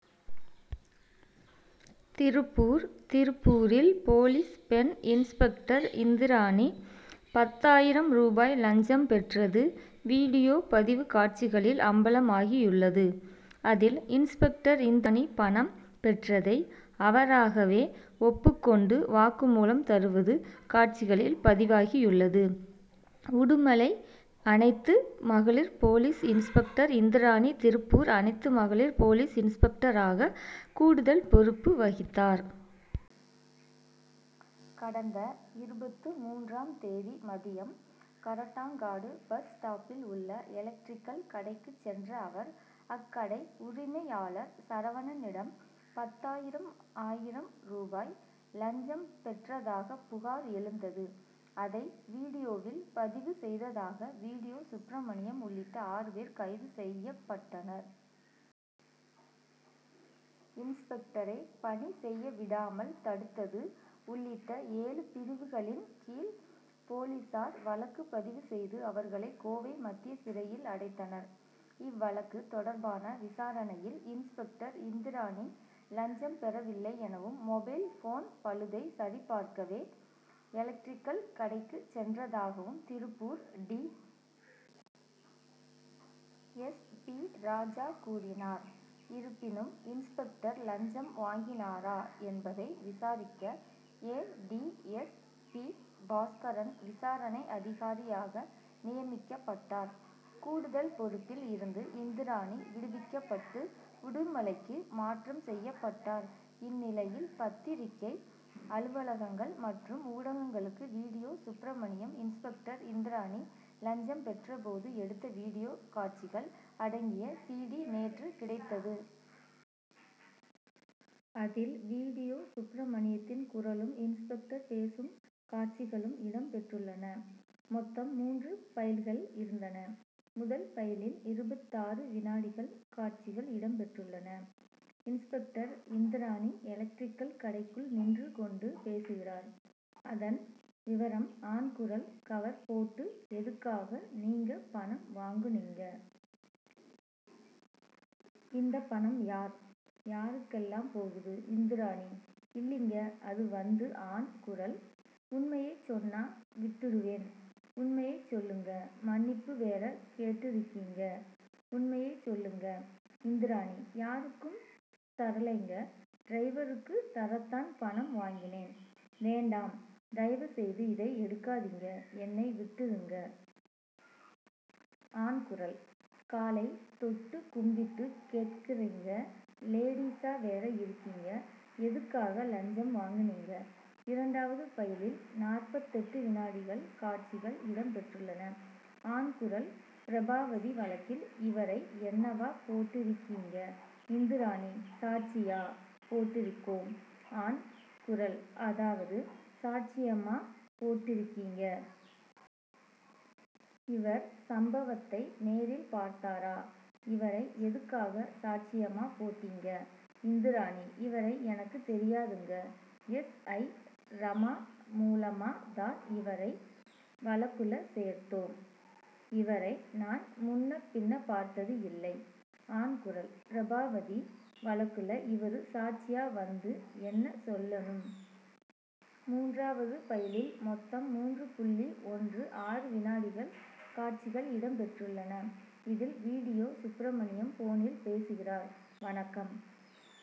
திருப்பூர் திருப்பூரில், போலீஸ் பெண் இன்ஸ்பெக்டர் இந்திராணி, பத்தாயிரம் ரூபாய் லஞ்சம் பெற்றது வீடியோ பதிவு காட்சிகளில் அம்பலமாகியுள்ளது; அதில், இன்ஸ்பெக்டர் இந்திராணி, பணம் பெற்றதை அவராகவே ஒப்புக்கொண்டு வாக்குமூலம் தருவது காட்சிகளில் பதிவாகியுள்ளது. உடுமலை அனைத்து மகளிர் போலீஸ் இன்ஸ்பெக்டர் இந்திராணி; திருப்பூர் அனைத்து மகளிர் போலீஸ் இன்ஸ்பெக்டராக கூடுதல் பொறுப்பு வகித்தார். கடந்த இருபத்து மூன்றாம் தேதி மதியம், கரட்டாங்காடு பஸ் ஸ்டாப்பில் உள்ள எலக்ட்ரிக்கல் கடைக்குச் சென்ற அவர், அக்கடை உரிமையாளர் சரவணனிடம், பத்தாயிரம் ஆயிரம் ரூபாய் லஞ்சம் பெற்றதாக புகார் எழுந்தது. அதை "வீடியோ'வில் பதிவு செய்ததாக "வீடியோ' சுப்ரமணியம் உள்ளிட்ட ஆறு பேர் கைது செய்யப்பட்டனர். இன்ஸ்பெக்டரை பணி செய்ய விடாமல் தடுத்தது உள்ளிட்ட ஏழு பிரிவுகளின் கீழ் போலீசார் வழக்கு பதிவு செய்து, அவர்களை கோவை மத்திய சிறையில் அடைத்தனர். இவ்வழக்கு தொடர்பான விசாரணையில், "இன்ஸ்பெக்டர் இந்திராணி லஞ்சம் பெறவில்லை எனவும், மொபைல் போன் பழுதை சரிபார்க்கவே எலக்ட்ரிக்கல் கடைக்கு சென்றதாகவும்,' Tiruppur D. S. P., Raja கூறினார். இருப்பினும், இன்ஸ்பெக்டர் லஞ்சம் வாங்கினாரா என்பதை விசாரிக்க, A. D. S. P., Bhaskaran விசாரணை அதிகாரியாக நியமிக்கப்பட்டார். கூடுதல் பொறுப்பில் இருந்து இந்திராணி விடுவிக்கப்பட்டு, உடுமலைக்கு மாற்றம் செய்யப்பட்டார். இந்நிலையில், பத்திரிகை அலுவலகங்கள் மற்றும் ஊடகங்களுக்கு "வீடியோ' சுப்ரமணியம், இன்ஸ்பெக்டர் இந்திராணி லஞ்சம் பெற்றபோது எடுத்த வீடியோ காட்சிகள் அடங்கிய "சிடி' நேற்று கிடைத்தது. அதில், "வீடியோ' சுப்ரமணியத்தின் குரலும், இன்ஸ்பெக்டர் பேசும் காட்சிகளும் இடம் பெற்றுள்ளன. மொத்தம் மூன்று பைல்கள் இருந்தன. முதல் பைலில் இருபத்தாறு வினாடிகள் காட்சிகள் இடம் பெற்றுள்ளன. இன்ஸ்பெக்டர் இந்திராணி எலக்டரிக்கல் கடைக்குள் நின்று கொண்டு பேசுகிறார். அதன் விவரம்:ஆண் குரல்: கவர் போட்டு எதுக்காக, நீங்க பணம் வாங்குனீங்க? இந்த பணம் யார், யாருக்கெல்லாம் போகுது? இந்திராணி: இல்லீங்க, அதுவந்துஆண் குரல்: உண்மையைச் சொன்னா விட்டுருவேன். உண்மையைச் சொல்லுங்க. மன்னிப்பு வேற கேட்டுருக்கீங்க. உண்மையை சொல்லுங்க. இந்திராணி: யாருக்கும் தரலைங்க; டிரைவருக்கு தரத் தான் பணம் வாங்கினேன். வேண்டாம். தயவு செய்து இதை எடுக்காதீங்க. என்னை விட்டுருங்க. ஆண் குரல்: காலை தொட்டு கும்பிட்டு கேட்கறீங்க. லேடீசா வேற இருக்கீங்க? எதுக்காக, லஞ்சம் வாங்கனீங்க? இரண்டாவது பைலில் நாற்பத்தெட்டு வினாடிகள் காட்சிகள் இடம் பெற்றுள்ளன. ஆண் குரல்: பிரபாவதி வழக்கில் இவரை என்னவா போட்டிருக்கீங்க? இந்திராணி: சாட்சியா போட்டிருக்கோம். ஆண் குரல்: அதாவது, சாட்சியமா போட்டிருக்கீங்க. இவர் சம்பவத்தை நேரில் பார்த்தாரா? இவரை எதுக்காக சாட்சியமா போட்டீங்க? இந்திராணி: இவரை எனக்கு தெரியாதுங்க. எஸ். ஐ., ரமா மூலமா தான் இவரை வழக்குல சேர்த்தோம். இவரை நான் முன்ன பின்ன பார்த்தது இல்லை. ஆண் குரல்: பிரபாவதி வழக்குல இவரு சாட்சியா வந்து என்ன சொல்லணும்? மூன்றாவது பைலில் மொத்தம் மூன்று புள்ளி ஒன்று ஆறு வினாடிகள் காட்சிகள் இடம் பெற்றுள்ளன. இதில் "வீடியோ' சுப்ரமணியம், போனில் பேசுகிறார். "வணக்கம்